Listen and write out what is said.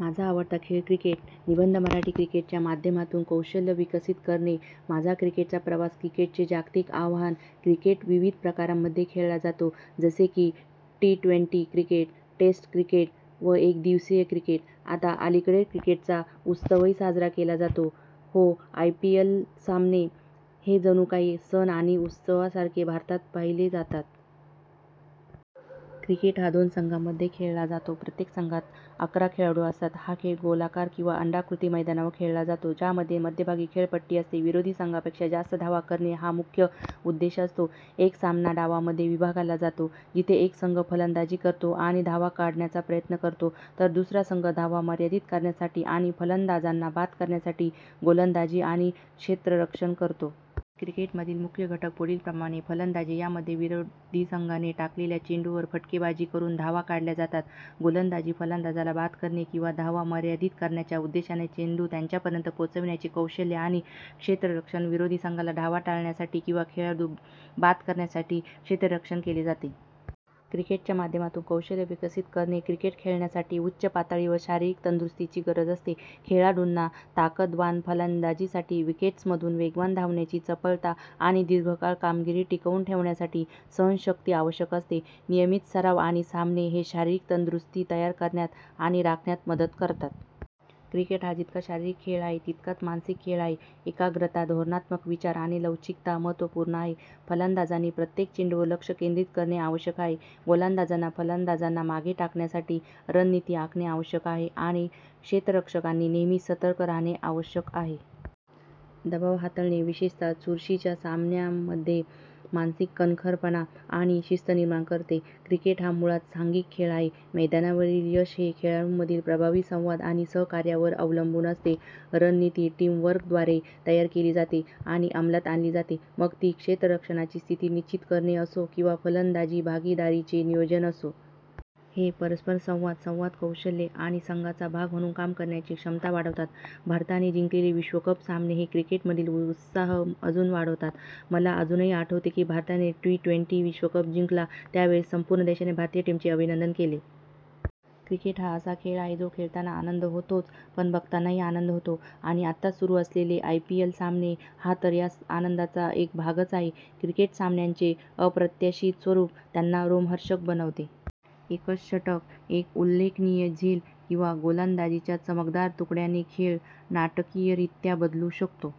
माझा आवडता खेळ क्रिकेट निबंध मराठी, क्रिकेटच्या माध्यमातून कौशल्ये विकसित करणे, माझा क्रिकेटचा प्रवास, क्रिकेटचे जागतिक आवाहन, क्रिकेट विविध प्रकारांमध्ये खेळला जातो जसे की T twenty cricket, test cricket व एकदिवसीय क्रिकेट. आता अलीकडेच क्रिकेटचा उत्सवही साजरा केला जातो, हो आयपीएल सामने, हे जणू काही सण आणि उत्सवासारखे भारतात पाहिले जातात. क्रिकेट हा दोन संघांमध्ये खेळला जातो, प्रत्येक संघात अकरा खेळाडू असतात, हा खेळ गोलाकार किंवा अंडाकृती मैदानावर खेळला जातो, ज्यामध्ये मध्यभागी खेळपट्टी असते. विरोधी संघापेक्षा जास्त धावा करणे हा मुख्य उद्देश असतो. एक सामना डावांमध्ये विभागला जातो, जिथे एक संघ फलंदाजी करतो आणि धावा काढण्याचा प्रयत्न करतो तर दुसरा संघ धावा मर्यादित करण्यासाठी आणि फलंदाजांना बाद करण्यासाठी गोलंदाजी आणि क्षेत्ररक्षण करतो. क्रिकेटमधील मुख्य घटक पुढीलप्रमाणे, फलंदाजी, यामध्ये विरोधी संघाने टाकलेल्या चेंडूवर फटकेबाजी करून धावा काढल्या जातात, गोलंदाजी, फलंदाजाला बाद करणे किंवा धावा मर्यादित करण्याच्या उद्देशाने चेंडू त्याच्यापर्यंत पोहोचविण्याचे कौशल्य, आणि क्षेत्ररक्षण, विरोधी संघाला धावा टाळण्यासाठी किंवा खेळाडू बाद करण्यासाठी क्षेत्ररक्षण केले जाते. क्रिकेटच्या माध्यमातून कौशल्ये विकसित करणे, क्रिकेट खेळण्यासाठी उच्च पातळीवरील शारीरिक तंदुरुस्तीची गरज असते. खेळाडूंना ताकदवान फलंदाजीसाठी, विकेट्समधून वेगवान धावण्याची चपळता आणि दीर्घकाळ कामगिरी टिकवून ठेवण्यासाठी सहनशक्ती आवश्यक असते. नियमित सराव आणि सामने हे शारीरिक तंदुरुस्ती तयार करण्यात आणि राखण्यात मदत करतात. क्रिकेट हा जितका शारीरिक खेळ आहे तितकाच मानसिक खेळ आहे. एकाग्रता, धोरणात्मक विचार आणि लवचिकता महत्त्वपूर्ण आहेत. फलंदाजांनी प्रत्येक चेंडूवर लक्ष केंद्रित करणे आवश्यक आहे, गोलंदाजांना फलंदाजांना मागे टाकण्यासाठी रणनीती आखणे आवश्यक आहे आणि क्षेत्ररक्षकांनी नेहमी सतर्क राहणे आवश्यक आहे. दबाव हाताळणे, विशेषत: चुरशीच्या सामन्यांमध्ये, मानसिक कणखरपणा आणि शिस्त निर्माण करते. क्रिकेट हा मुळात सांघिक खेळ आहे. मैदानावरील यश हे खेळाडूंमधील प्रभावी संवाद आणि सहकार्यावर अवलंबून असते. रणनीती टीमवर्कद्वारे तयार केली जाते आणि अंमलात आणली जाते, मग ती क्षेत्ररक्षणाची स्थिती निश्चित करणे असो किंवा फलंदाजी भागीदारीचे नियोजन असो. हे परस्परसंवाद संवाद कौशल्ये आणि संघाचा भाग म्हणून काम करण्याची क्षमता वाढवतात. भारताने जिंकलेले विश्वकप सामने हे क्रिकेटमधील उत्साह अजून वाढवतात, मला अजूनही आठवते की भारताने टी ट्वेंटी विश्वकप जिंकला त्यावेळेस संपूर्ण देशाने भारतीय टीमचे अभिनंदन केले. क्रिकेट हा असा खेळ आहे जो खेळताना आनंद होतोच पण बघतानाही आनंद होतो, आणि आताच सुरू असलेले आयपीएल सामने हा तर या आनंदाचा एक भागच आहे. क्रिकेट सामन्यांचे अप्रत्याशित स्वरूप त्यांना रोमहर्षक बनवते. एकच षटक, एक उल्लेखनीय झेल किंवा गोलंदाजीच्या चमकदार तुकड्याने खेळ नाटकीयरित्या बदलू शकतो.